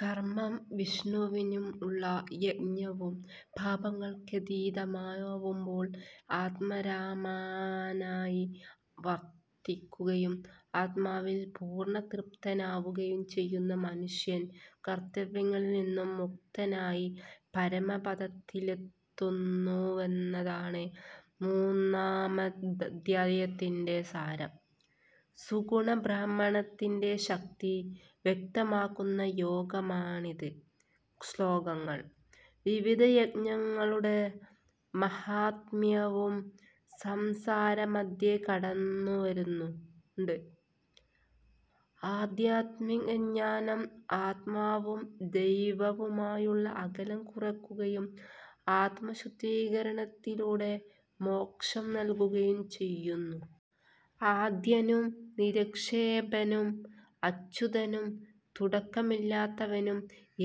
കർമം വിഷ്ണുവിനുള്ള യജ്ഞവും പാപങ്ങൾക്കതീതവുമാവുമ്പോൾ, ആത്മാരാമാനായി വർത്തിയ്ക്കുകയും ആത്മാവിൽ പൂർണതൃപ്തനാവുകയും ചെയ്യുന്ന മനുഷ്യൻ, കർത്തവ്യങ്ങളിൽ നിന്ന് മുക്തനായി പരമപദത്തിലെത്തുന്നുവെന്നതാണ് മൂന്നാമദ്ധ്യായത്തിന്റെ സാരം. സഗുണബ്രഹ്മത്തിന്റെ ശക്തി വ്യക്തമാക്കുന്ന യോഗമാണിത്, ശ്ലോകങ്ങൾ. വിവിധ യജ്ഞങ്ങളുടെ മാഹാത്മ്യവും സംസാരമധ്യേ കടന്നു വരുന്നുണ്ട്. ആദ്ധ്യാത്മികജ്ഞാനം ആത്മാവും ദൈവവുമായുള്ള അകലം കുറയ്ക്കുകയും ആത്മശുദ്ധീകരണത്തിലൂടെ മോക്ഷം നൽകുകയു ചെയ്യുന്നു. ആദ്യനും നിരപേക്ഷനും അച്യുതനും തുടക്കമില്ലാത്തവനും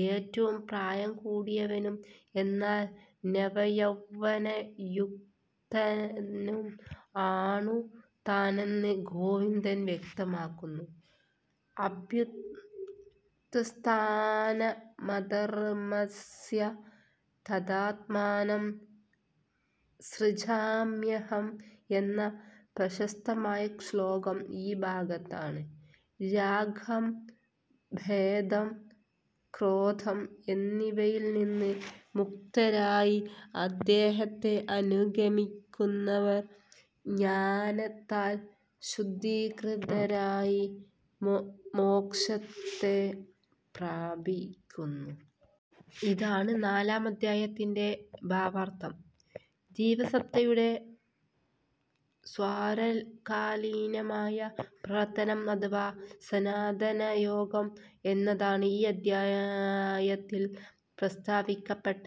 ഏറ്റവും പ്രായം കൂടിയവനും എന്നാൽ നവയൗവനയുക്തനും ആണു താനെന്ന് ഗോവിന്ദൻ വ്യക്തമാക്കുന്നു. അഭ്യുത്ഥാനമധർമസ്യ തദാത്മാനം സൃജാമ്യഹം എന്ന പ്രശസ്തമായ ശ്ലോകം ഈ ഭാഗത്താണ്. രാഗം ഭേദം ക്രോധം എന്നിവയിൽ നിന്ന് മുക്തരായി അദ്ദേഹത്തെ അനുഗമിയ്ക്കുന്നവർ, ജ്ഞാനത്താൽ ശുദ്ധീകൃതരായി മോക്ഷത്തെ പ്രാപിയ്ക്കുന്നു. ഇതാണ് നാലാമധ്യായത്തിന്റെ ഭാവാർത്ഥം. ജീവസത്തയുടെ സാര്വകാലീനമായ പ്രവർത്തനം അഥവാ സനാതനയോഗം എന്നതാണ് ഈ അദ്ധ്യായത്തിൽ പ്രസ്താവിയ്ക്കപ്പെട്ട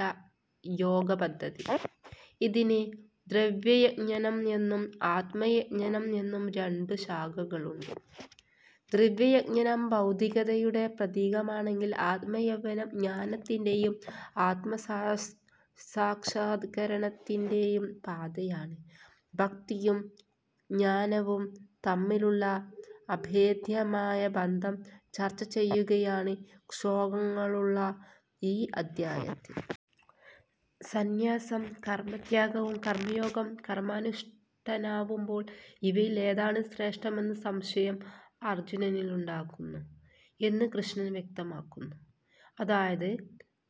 യോഗപദ്ധതി. ഇതിന് ദ്രവ്യയജ്ഞം എന്നും ആത്മയജ്ഞം എന്നും രണ്ടു ശാഖകളുണ്ട്. ദ്രവ്യയജ്ഞം ഭൗതികതയുടെ പ്രതീകമാണെങ്കിൽ ആത്മയജ്ഞം ജ്ഞാനത്തിന്റെയും ആത്മസാക്ഷാത്കരണത്തിന്റെയും പാതയാണ്. ഭക്തിയും ജ്ഞാനവും തമ്മിലുള്ള അഭേദ്യമായ ബന്ധം ചർച്ച ചെയ്യപ്പെടുകയാണ് ശ്ലോകങ്ങളുള്ള ഈ അദ്ധ്യായത്തിൽ. സന്യാസം കർമത്യാഗവും, കർമയോഗം കർമാനുഷ്ടാനവുമാവുമ്പോൾ ഇവയിൽ ഏതാണു ശ്രേഷ്ഠമെന്ന സംശയം അർജ്ജുനനിലുണ്ടാകുന്നു. എന്ന് കൃഷ്ണൻ വ്യക്തമാക്കുന്നു. അതായത്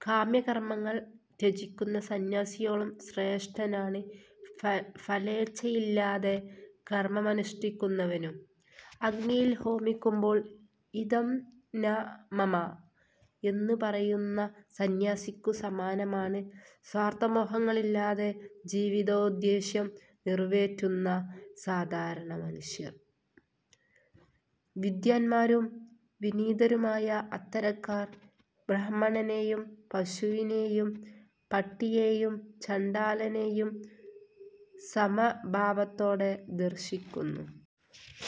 കാമ്യകർമങ്ങൾ ത്യജിയ്ക്കുന്ന സന്യാസിയോളം ശ്രേഷ്ഠനാണ് ഫലേച്ഛയില്ലാതെ കർമമനുഷ്ടിയ്ക്കുന്നവനും. അഗ്നിയിൽ ഹോമിയ്ക്കുമ്പോൾ "ഇദം ന മമ" എന്നു പറയുന്ന സന്യാസിക്കു സമനാണ് സ്വാർത്ഥമോഹങ്ങളില്ലാതെ ജീവിതോദ്ദേശ്യം നിറവേറ്റുന്ന സാധാരണമനുഷ്യർ. വിദ്വാന്മാരും വിനീതരുമായ അത്തരക്കാർ ബ്രാഹ്മണനെയും പശുവിനെയും പട്ടിയേയും ചണ്ഡാലനെയും സമഭാവത്തോടെ ദർശിക്കുന്നു.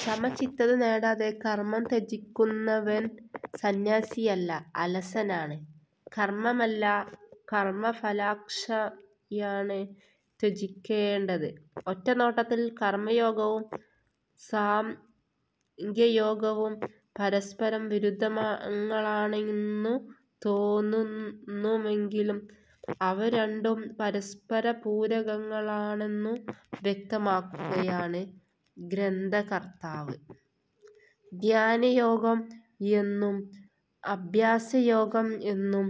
സമചിത്തത നേടാതെ കർമം ത്യജിയ്ക്കുന്നവൻ സന്യാസിയല്ല, അലസനാണ്. കർമമല്ല കർമഫലകാംക്ഷയാണ് ത്യജിയ്ക്കേണ്ടത്. ഒറ്റനോട്ടത്തിൽ കർമയോഗവും സാംഖ്യയോഗവും പരസ്പരവിരുദ്ധങ്ങളാണെന്നു തോന്നുമെങ്കിലും അവരണ്ടും പരസ്പരപൂരകങ്ങളാണെന്നു വ്യക്തമാക്കുകയാണ് ഗ്രന്ഥകർത്താവ്. ധ്യാന യോഗം എന്നും അഭ്യാസയോഗം എന്നും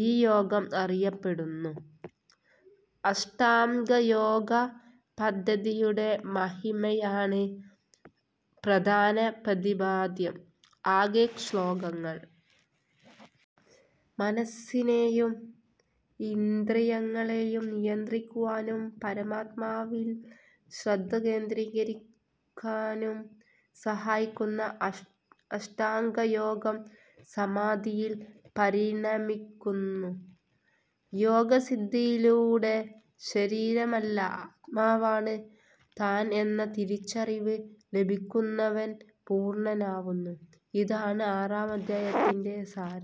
ഈ യോഗം അറിയപ്പെടുന്നു. അഷ്ടാംഗ യോഗ പദ്ധതിയുടെ മഹിമയാണ് പ്രധാന പ്രതിപാദ്യം. ആകെ ശ്ലോകങ്ങൾ. മനസ്സിനെയും ഇന്ദ്രിയങ്ങളെയും നിയന്ത്രിക്കുവാനും പരമാത്മാവിൽ ശ്രദ്ധ കേന്ദ്രീകരിയ്ക്കാനും സഹായിക്കുന്ന അഷ്ടാംഗ യോഗം സമാധിയിൽ പരിണമിയ്ക്കുന്നു. യോഗസിദ്ധിയിലൂടെ ശരീരമല്ല ആത്മാവാണ് താൻ എന്ന തിരിച്ചറിവ് ലഭിയ്ക്കുന്നവൻ പൂർണനാവുന്നു. ഇതാണ് ആറാമദ്ധ്യായത്തിൻറെ സാരം.